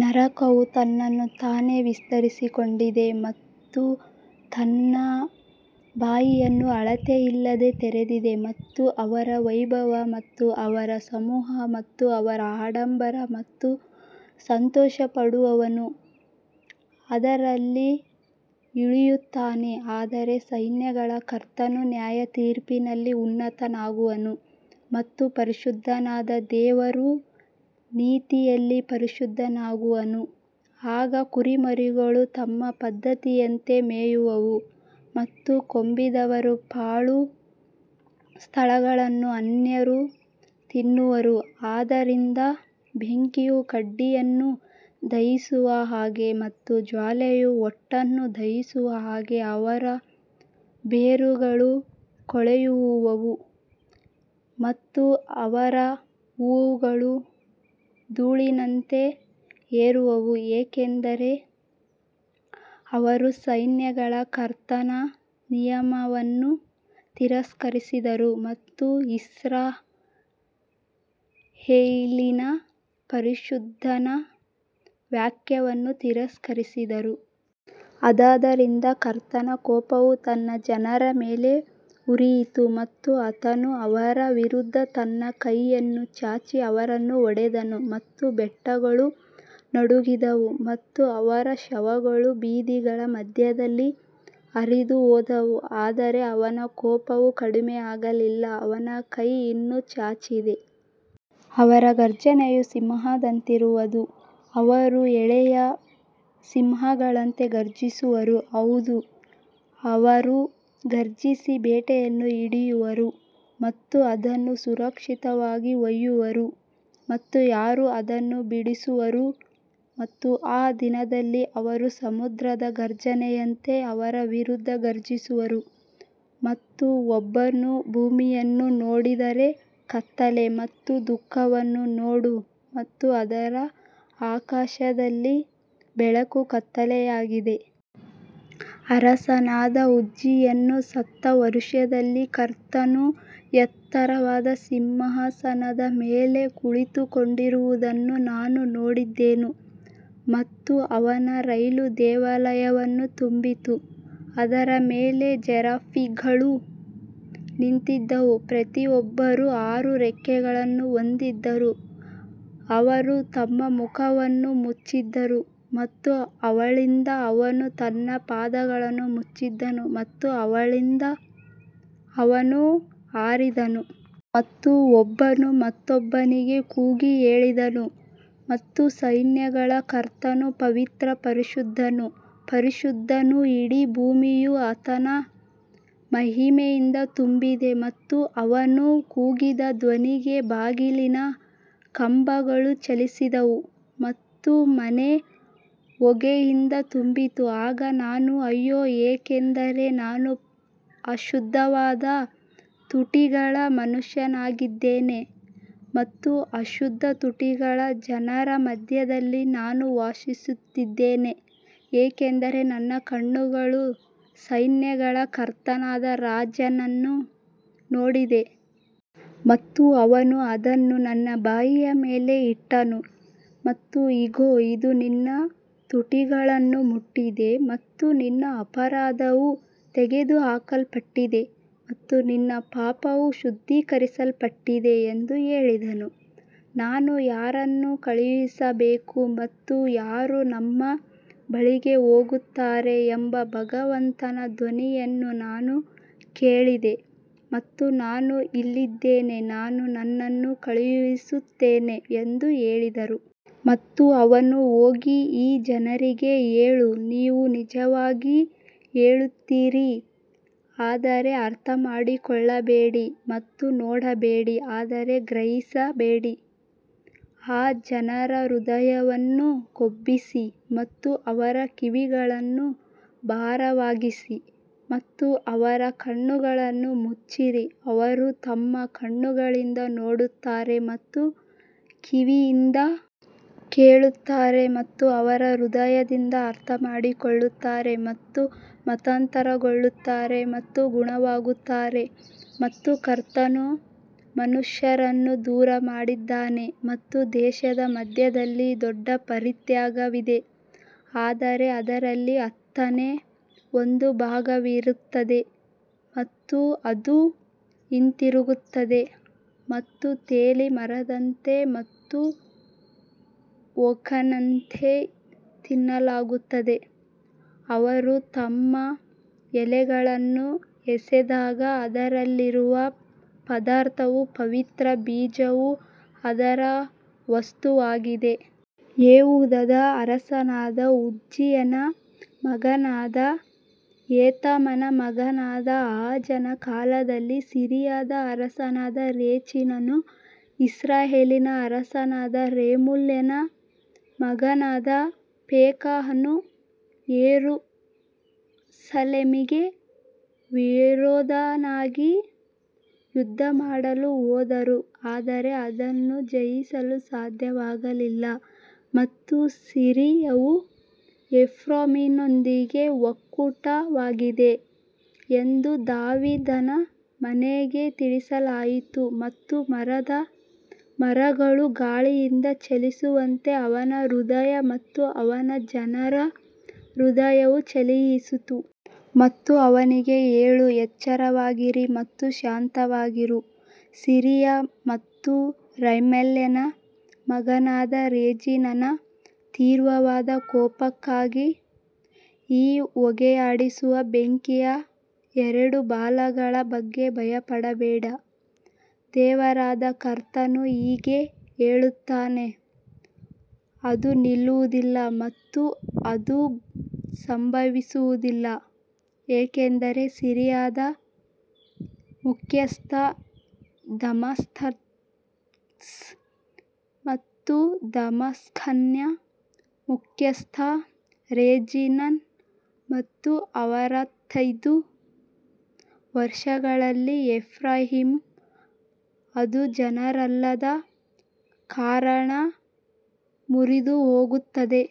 ನರಕವು ತನ್ನನ್ನು ತಾನೇ ವಿಸ್ತರಿಸಿಕೊಂಡಿದೆ ಮತ್ತು ತನ್ನ ಬಾಯಿಯನ್ನು ಅಳತೆಯಿಲ್ಲದೆ ತೆರೆದಿದೆ ಮತ್ತು ಅವರ ವೈಭವ ಮತ್ತು ಅವರ ಸಮೂಹ ಮತ್ತು ಅವರ ಆಡಂಬರ ಮತ್ತು ಸಂತೋಷಪಡುವವನು ಅದರಲ್ಲಿ ಇಳಿಯುತ್ತಾನೆ. ಆದರೆ ಸೈನ್ಯಗಳ ಕರ್ತನು ನ್ಯಾಯತೀರ್ಪಿನಲ್ಲಿ ಉನ್ನತನಾಗುವನು ಮತ್ತು ಪರಿಶುದ್ಧನಾದ ದೇವರು ನೀತಿಯಲ್ಲಿ ಪರಿಶುದ್ಧನಾಗುವನು. ಆಗ ಕುರಿಮರಿಗಳು ತಮ್ಮ ಪದ್ಧತಿಯಂತೆ ಮೇಯುವವು ಮತ್ತು ಕೊಬ್ಬಿದವರ ಪಾಳು ಸ್ಥಳಗಳನ್ನು ಅನ್ಯರು ತಿನ್ನುವರು ಆದದರಿಂದ ಬೆಂಕಿಯು ಕಡ್ಡಿಯನ್ನು ದಹಿಸುವ ಹಾಗೆ ಮತ್ತು ಜ್ವಾಲೆಯು ಹೊಟ್ಟನ್ನು ದಹಿಸುವ ಹಾಗೆ ಅವರ ಬೇರುಗಳು ಕೊಳೆಯುವವು ಮತ್ತು ಅವರ ಹೂವುಗಳು ಧೂಳಿನಂತೆ ಏರುವವು, ಏಕೆಂದರೆ ಅವರು ಸೈನ್ಯಗಳ ಕರ್ತನ ನಿಯಮವನ್ನು ತಿರಸ್ಕರಿಸಿದರು ಮತ್ತು ಇಸ್ರಾಯೇಲಿನ ಪರಿಶುದ್ಧನ ವಾಕ್ಯವನ್ನು ತಿರಸ್ಕರಿಸಿದರು. ಆದದರಿಂದ ಕರ್ತನ ಕೋಪವು ತನ್ನ ಜನರ ಮೇಲೆ ಉರಿಯಿತು ಮತ್ತು ಆತನು ಅವರ ವಿರುದ್ಧ ತನ್ನ ಕೈಯನ್ನು ಚಾಚಿ ಅವರನ್ನು ಹೊಡೆದನು ಮತ್ತು ಬೆಟ್ಟಗಳು ನಡುಗಿದವು ಮತ್ತು ಅವರ ಶವಗಳು ಬೀದಿಗಳ ಮಧ್ಯದಲ್ಲಿ ಹರಿದುಹೋದವು ಆದರೆ ಅವನ ಕೋಪವು ಕಡಿಮೆಯಾಗಲಿಲ್ಲ. ಅವನ ಕೈ ಇನ್ನೂ ಚಾಚಿದೆ ಅವರ ಘರ್ಜನೆಯು ಸಿಂಹದಂತಿರುವದು ಅವರು ಎಳೆಯ ಸಿಂಹಗಳಂತೆ ಗರ್ಜಿಸುವರು ಹೌದು ಅವರು ಘರ್ಜಿಸಿ ಬೇಟೆಯನ್ನು ಹಿಡಿಯುವರು ಮತ್ತು ಅದನ್ನು ಸುರಕ್ಷಿತವಾಗಿ ಒಯ್ಯುವರು ಮತ್ತು ಯಾರೂ ಅದನ್ನು ಬಿಡಿಸುವರು ಮತ್ತು ಆ ದಿನದಲ್ಲಿ ಅವರು ಸಮುದ್ರದ ಘರ್ಜನೆಯಂತೆ ಅವರ ವಿರುದ್ಧ ಘರ್ಜಿಸುವರು ಮತ್ತು ಒಬ್ಬನು ಭೂಮಿಯನ್ನು ನೋಡಿದರೆ ಕತ್ತಲೆ ಮತ್ತು ದುಃಖವನ್ನು ನೋಡು ಮತ್ತು ಅದರ ಆಕಾಶದಲ್ಲಿ ಬೆಳಕು ಕತ್ತಲೆಯಾಗಿದೆ. ಅರಸನಾದ ಉಜ್ಜೀಯನು ಸತ್ತ ವರುಷದಲ್ಲಿ ಕರ್ತನು ಎತ್ತರವಾದ ಸಿಂಹಾಸನದ ಮೇಲೆ ಕುಳಿತುಕೊಂಡಿರುವುದನ್ನು ನಾನು ನೋಡಿದೆನು ಮತ್ತು ಅವನ ರೈಲು ದೇವಾಲಯವನ್ನು ತುಂಬಿತು. ಅದರ ಮೇಲೆ ಸೆರಾಫಿಮ್ಗಳು ನಿಂತಿದ್ದರು, ಪ್ರತಿಯೊಬ್ಬರೂ ಆರು ರೆಕ್ಕೆಗಳನ್ನು ಹೊಂದಿದ್ದರು, ಅವರು ತಮ್ಮ ಮುಖವನ್ನು ಮುಚ್ಚಿದರು ಮತ್ತು ಅವಳಿಂದ ಅವನು ತನ್ನ ಪಾದಗಳನ್ನು ಮುಚ್ಚಿದನು ಮತ್ತು ಅವಳಿಂದ ಅವನು ಹಾರಿದನು. ಮತ್ತು ಒಬ್ಬನು ಮತ್ತೊಬ್ಬನಿಗೆ ಕೂಗಿ ಹೇಳಿದನು ಮತ್ತು ಸೈನ್ಯಗಳ ಕರ್ತನು ಪವಿತ್ರ ಪರಿಶುದ್ಧನು ಪರಿಶುದ್ಧನು, ಇಡೀ ಭೂಮಿಯು ಆತನ ಮಹಿಮೆಯಿಂದ ತುಂಬಿದೆ. ಮತ್ತು ಅವನು ಕೂಗಿದ ಧ್ವನಿಗೆ ಬಾಗಿಲಿನ ಕಂಬಗಳು ಚಲಿಸಿದವು ಮತ್ತು ಮನೆ ಹೊಗೆಯಿಂದ ತುಂಬಿತ್ತು ಆಗ ನಾನು ಅಯ್ಯೋ, ಏಕೆಂದರೆ ನಾನು ಅಶುದ್ಧವಾದ ತುಟಿಗಳ ಮನುಷ್ಯನಾಗಿದ್ದೇನೆ ಮತ್ತು ಅಶುದ್ಧ ತುಟಿಗಳ ಜನರ ಮಧ್ಯದಲ್ಲಿ ನಾನು ವಾಸಿಸುತ್ತಿದ್ದೇನೆ ಏಕೆಂದರೆ ನನ್ನ ಕಣ್ಣುಗಳು ಸೈನ್ಯಗಳ ಕರ್ತನಾದ ರಾಜನನ್ನು ನೋಡಿದೆ. ಮತ್ತು ಅವನು ಅದನ್ನು ನನ್ನ ಬಾಯಿಯ ಮೇಲೆ ಇಟ್ಟನು ಮತ್ತು ಇಗೋ ಇದು ನಿನ್ನ ತುಟಿಗಳನ್ನು ಮುಟ್ಟಿದೆ ಮತ್ತು ನಿನ್ನ ಅಪರಾಧವು ತೆಗೆದುಹಾಕಲ್ಪಟ್ಟಿದೆ ಮತ್ತು ನಿನ್ನ ಪಾಪವು ಶುದ್ಧೀಕರಿಸಲ್ಪಟ್ಟಿದೆ ಎಂದು ಹೇಳಿದನು. ನಾನು ಯಾರನ್ನು ಕಳುಹಿಸಬೇಕು ಮತ್ತು ಯಾರು ನಮ್ಮ ಬಳಿಗೆ ಹೋಗುತ್ತಾರೆ ಎಂಬ ಭಗವಂತನ ಧ್ವನಿಯನ್ನು ನಾನು ಕೇಳಿದೆ ಮತ್ತು ನಾನು ಇಲ್ಲಿದ್ದೇನೆ ನಾನು ನನ್ನನ್ನು ಕಳುಹಿಸುತ್ತೇನೆ ಎಂದು ಹೇಳಿದರು. ಮತ್ತು ಅವನು ಹೋಗಿ ಈ ಜನರಿಗೆ ಹೇಳು ನೀವು ನಿಜವಾಗಿ ಕೇಳುತ್ತೀರಿ ಆದರೆ ಅರ್ಥಮಾಡಿಕೊಳ್ಳಬೇಡಿ ಮತ್ತು ನೋಡಬೇಡಿ ಆದರೆ ಗ್ರಹಿಸಬೇಡಿ ಈ ಜನರ ಹೃದಯವನ್ನು ಕೊಬ್ಬಿಸಿ ಮತ್ತು ಅವರ ಕಿವಿಗಳನ್ನು ಭಾರವಾಗಿಸಿ ಮತ್ತು ಅವರ ಕಣ್ಣುಗಳನ್ನು ಮುಚ್ಚಿರಿ ಅವರು ತಮ್ಮ ಕಣ್ಣುಗಳಿಂದ ನೋಡುತ್ತಾರೆ ಮತ್ತು ಕಿವಿಯಿಂದ ಕೇಳುತ್ತಾರೆ ಮತ್ತು ಅವರ ಹೃದಯದಿಂದ ಅರ್ಥಮಾಡಿಕೊಳ್ಳುತ್ತಾರೆ ಮತ್ತು ಮತಾಂತರಗೊಳ್ಳುತ್ತಾರೆ ಮತ್ತು ಗುಣವಾಗುತ್ತಾರೆ ಮತ್ತು ಕರ್ತನು ಮನುಷ್ಯರನ್ನು ದೂರಮಾಡಿದ್ದಾನೆ ಮತ್ತು ದೇಶದ ಮಧ್ಯದಲ್ಲಿ ದೊಡ್ಡ ಪರಿತ್ಯಾಗವಿದೆ ಆದರೆ ಅದರಲ್ಲಿ ಹತ್ತನೇ ಒಂದು ಭಾಗವಿರುತ್ತದೆ ಮತ್ತು ಅದು ಹಿಂತಿರುಗುತ್ತದೆ ಮತ್ತು ತೇಲಿ ಮರದಂತೆ ಮತ್ತು ಓಕ್ನಂತೆ ತಿನ್ನಲಾಗುತ್ತದೆ, ಅವರು ತಮ್ಮ ಎಲೆಗಳನ್ನು ಎಸೆದಾಗ ಅದರಲ್ಲಿರುವ ಪದಾರ್ಥವು ಪವಿತ್ರ ಬೀಜವು ಅದರ ವಸ್ತುವಾಗಿದೆ. ಯೆಹೂದದ ಅರಸನಾದ ಉಜ್ಜೀಯನ ಮಗನಾದ ಯೋತಾಮನ ಮಗನಾದ ಆಹಾಜನ ಕಾಲದಲ್ಲಿ ಸಿರಿಯಾದ ಅರಸನಾದ ರೆಚೀನನೂ ಇಸ್ರಾಯೇಲಿನ ಅರಸನಾದ ರೆಮಲ್ಯನ ಮಗನಾದ ಪೆಕಹನೂ ಯೆರೂಸಲೇಮಿಗೆ ವಿರೋಧವಾಗಿ ಯುದ್ಧಮಾಡಲು ಹೋದರು ಆದರೆ ಅದನ್ನು ಜಯಿಸಲು ಸಾಧ್ಯವಾಗಲಿಲ್ಲ. ಮತ್ತು ಸಿರಿಯಾವು ಎಫ್ರಾಯೀಮ್ನೊಂದಿಗೆ ಒಕ್ಕೂಟವಾಗಿದೆ ಎಂದು ದಾವೀದನ ಮನೆಗೆ ತಿಳಿಸಲಾಯಿತು ಮತ್ತು ಮರದ ಮರಗಳು ಗಾಳಿಯಿಂದ ಚಲಿಸುವಂತೆ ಅವನ ಹೃದಯ ಮತ್ತು ಅವನ ಜನರ ಹೃದಯವು ಚಲಿಸಿತು. ಮತ್ತು ಅವನಿಗೆ ಹೇಳು, ಎಚ್ಚರವಾಗಿರಿ ಮತ್ತು ಶಾಂತವಾಗಿರು, ಸಿರಿಯಾ ಮತ್ತು ರೆಮಲ್ಯನ ಮಗನಾದ ರೆಜೀನನ ತೀವ್ರವಾದ ಕೋಪಕ್ಕಾಗಿ ಈ ಹೊಗೆಯಾಡಿಸುವ ಬೆಂಕಿಯ ಎರಡು ಬಾಲಗಳ ಬಗ್ಗೆ ಭಯಪಡಬೇಡ. ದೇವರಾದ ಕರ್ತನು ಹೀಗೆ ಹೇಳುತ್ತಾನೆ ಅದು ನಿಲ್ಲುವುದಿಲ್ಲ ಮತ್ತು ಅದು ಸಂಭವಿಸುವುದಿಲ್ಲ ಯಾಕಂದರೆ ಸಿರಿಯಾದ ಮುಖ್ಯಸ್ಥ ದಮಾಸ್ಕಸ್ ಮತ್ತು ಡಮಾಸ್ಕಸ್ನ ಮುಖ್ಯಸ್ಥ ರೆಜಿನ್ ಮತ್ತು ಅರವತ್ತೈದು ವರ್ಷಗಳಲ್ಲಿ ಎಫ್ರಾಯೀಮ್ ಅದು ಜನರಲ್ಲದ ಕಾರಣ ಮುರಿದುಹೋಗುತ್ತದೆ.